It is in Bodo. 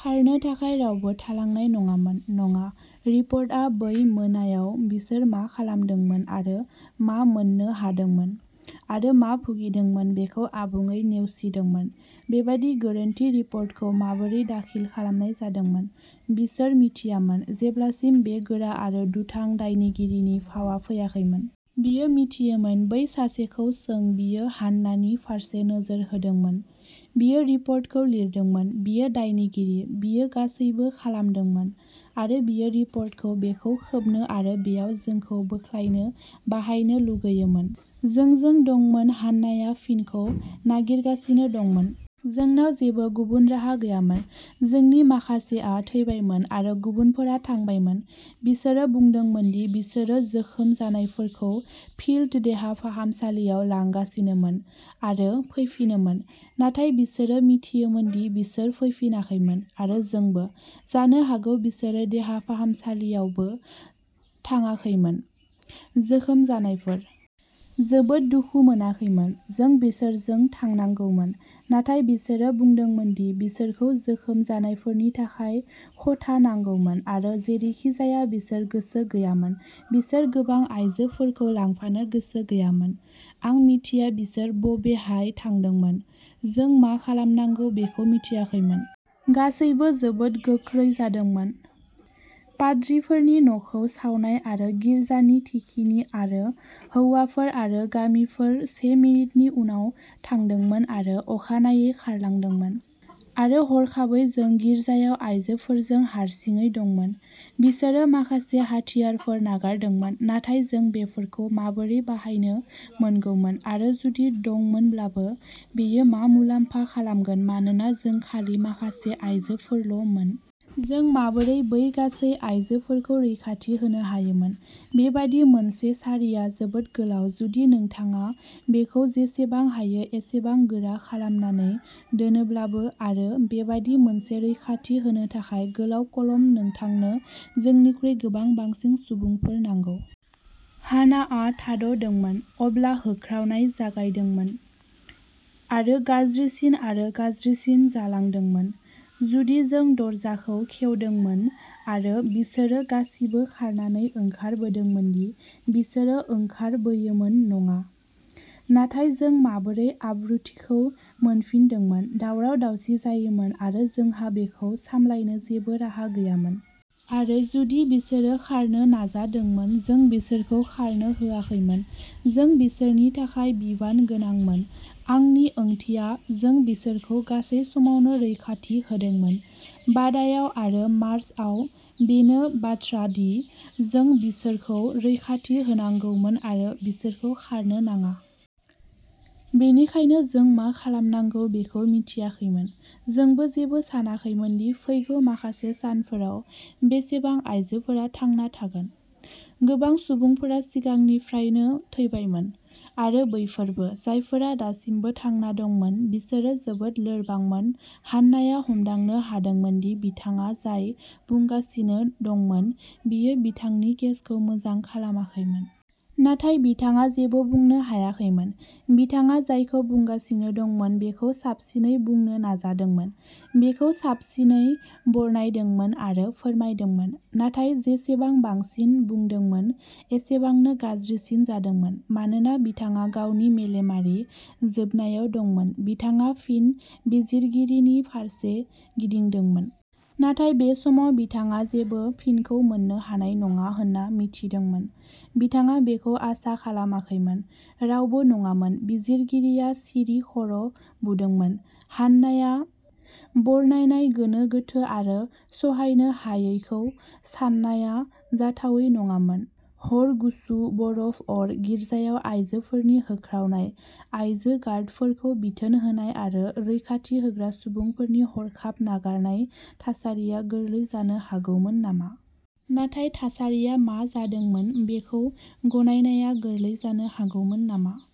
खारनो थाखाय रावबो थालांनाय नङामोन। नङा, रिपर्टआ बै मोनायाव बिसोर मा खालामदोंमोन आरो मा मोन्नो हादोंमोन आरो मा भुगिदोंमोन बेखौ आबुङै नेवसिदोंमोन। बेबादि गोरोन्थि रिपर्टखौ माबोरै दाखिल खालामनाय जादोंमोन? बिसोर मिथियामोन। जेब्लासिम बे गोरा आरो दुथां दायनिगिरिनि फावआ फैयाखैमोन। बियो मिथियोमोन। बै सासेखौ सों बियो हान्नानि फारसे नोजोर होदोंमोन। बियो रिपर्टखौ लिरदोंमोन। बियो दायनिगिरि, बियो गासैबो खालामदोंमोन, आरो बियो रिपर्टखौ बेखौ खोबनो आरो बेयाव जोंखौ बोख्लायनो बाहायनो लुगैयोमोन। जों, जों दंमोन हान्नाया फिनखौ नागिरगासिनो दंमोन। जोंनाव जेबो गुबुन राहा गैयामोन। जोंनि माखासेआ थैबायमोन, आरो गुबुनफोरा थांबायमोन। बिसोरो बुंदोंमोन दि बिसोरो जोखोम जानायफोरखौ फिल्ड देहा फाहामसालियाव लांगासिनोमोन आरो फैफिनोमोन, नाथाय बिसोरो मिथियोमोन दि बिसोर फैफिनाखैमोन, आरो जोंबो। जानो हागौ बिसोरो देहा फाहामसालियावबो थांआखैमोन, जोखोम जानायफोर। जोबोद दुखु मोनाखैमोन। जों बिसोरजों थांनांगौमोन, नाथाय बिसोरो बुंदोंमोन दि बिसोरखौ जोखोम जानायफोरनि थाखाय खथा नांगौमोन, आरो जेरैखिजाया बिसोर गोसो गैयामोन बिसोर गोबां आयजोफोरखौ लांफानो गोसो गैयामोन। आं मिथिया बिसोर बबेहाय थांदोंमोन। जों मा खालामनांगौ बेखौ मिथियाखैमोन। गासैबो जोबोद गोख्रै जादोंमोन, पाद्रिफोरनि न'खौ सावनाय आरो गिर्जानि थिखिनि, आरो हौवाफोर आरो गामिफोर से मिनिटनि उनाव थांदोंमोन आरो अखानायै खारलांदोंमोन, आरो हरखाबै जों गिर्जायाव आइजोफोरजों हारसिङै दंमोन। बिसोरो माखासे हाथियारफोर नागारदोंमोन, नाथाय जों बेफोरखौ माबोरै बाहायनो मोनगौमोन, आरो जुदि दंमोनब्लाबो, बेयो मा मुलाम्फा खालामगोन, मानोना जों खालि माखासे आइजोफोरल'मोन। जों माबोरै बै गासै आयजोफोरखौ रैखाथि होनो हायोमोन? बेबादि मोनसे सारिआ जोबोद गोलाव, जुदि नोंथाङा बेखौ जेसेबां हायो एसेबां गोरा खालामनानै दोनोब्लाबो, आरो बेबादि मोनसे रैखाथि होनो थाखाय। गोलाव कलम, नोंथांनो जोंनिख्रुइ गोबां बांसिन सुबुंफोर नांगौ। हानाआ थाद'दोंमोन। अब्ला होख्रावनाय जागायदोंमोन आरो गाज्रिसिन आरो गाज्रिसिन जालांदोंमोन। जुदि जों दरजाखौ खेवदोंमोन आरो बिसोरो गासिबो खारनानै ओंखारबोदोंमोन दि बिसोरो ओंखारबोयोमोन नङा, नाथाय जों माबोरै आब्रुथिखौ मोनफिनदोंमोन? दावराव-दावसि जायोमोन, आरो जोंहा बेखौ सामलायनो जेबो राहा गैयामोन। आरो जुदि बिसोरो खारनो नाजादोंमोन जों बिसोरखौ खारनो होआखैमोन। जों बिसोरनि थाखाय बिबान गोनांमोन आंनि ओंथिया, जों बिसोरखौ गासै समावनो रैखाथि होदोंमोन, बादायाव आरो मार्चआव, बेनो बाथ्रा, दि जों बिसोरखौ रैखाथि होनांगौमोन आरो बिसोरखौ खारनो नाङा। बेनिखायनो जों मा खालामनांगौ बेखौ मिथियाखैमोन। जोंबो जेबो सानाखैमोन दि फैगौ माखासे सानफोराव बेसेबां आइजोफोरा थांना थागोन। गोबां सुबुंफोरा सिगांनिफ्रायनो थैबायमोन, आरो बैफोरबो। जायफोरा दासिमबो थांना दंमोन बिसोरो जोबोद लोरबांमोन हान्नाया हमदांनो हादोंमोन दि बिथाङा जाय बुंगासिनो दंमोन बियो बिथांनि केसखौ मोजां खालामाखैमोन। नाथाय बिथाङा जेबो बुंनो हायाखैमोन। बिथाङा जायखौ बुंगासिनो दंमोन बेखौ साबसिनै बुंनो नाजादोंमोन, बेखौ साबसिनै बरनायदोंमोन आरो फोरमायदोंमोन। नाथाय जेसेबां बांसिन बुंदोंमोन, एसेबांनो गाज्रिसिन जादोंमोन। मानोना बिथाङा गावनि मेलेमारि जोबनायाव दंमोन, बिथाङा फिन बिजिरगिरिनि फारसे गिदिंदोंमोन। नाथाय बे समाव बिथाङा जेबो फिनखौ मोन्नो हानाय नङा होन्ना मिथिदोंमोन। बिथाङा बेखौ आसा खालामाखैमोन। रावबो नङामोन। बिजिरगिरिया सिरि खर'बुदोंमोन। हान्नाया बरनायनाय गोनो-गोथो आरो सहायनो हायैखौ साननाया जाथावै नङामोन। हर, गुसु, बरफ, अर, गिर्जायाव आयजोफोरनि होख्रावनाय, आयजो गार्डफोरखौ बिथोन होनाय आरो रैखाथि होग्रा सुबुंफोरनि हरखाब नागारनाय थासारिया गोरलै जानो हागौमोन नामा? नाथाय थासारिया मा जादोंमोन बेखौ गनायनाया गोरलै जानो हागौमोन नामा?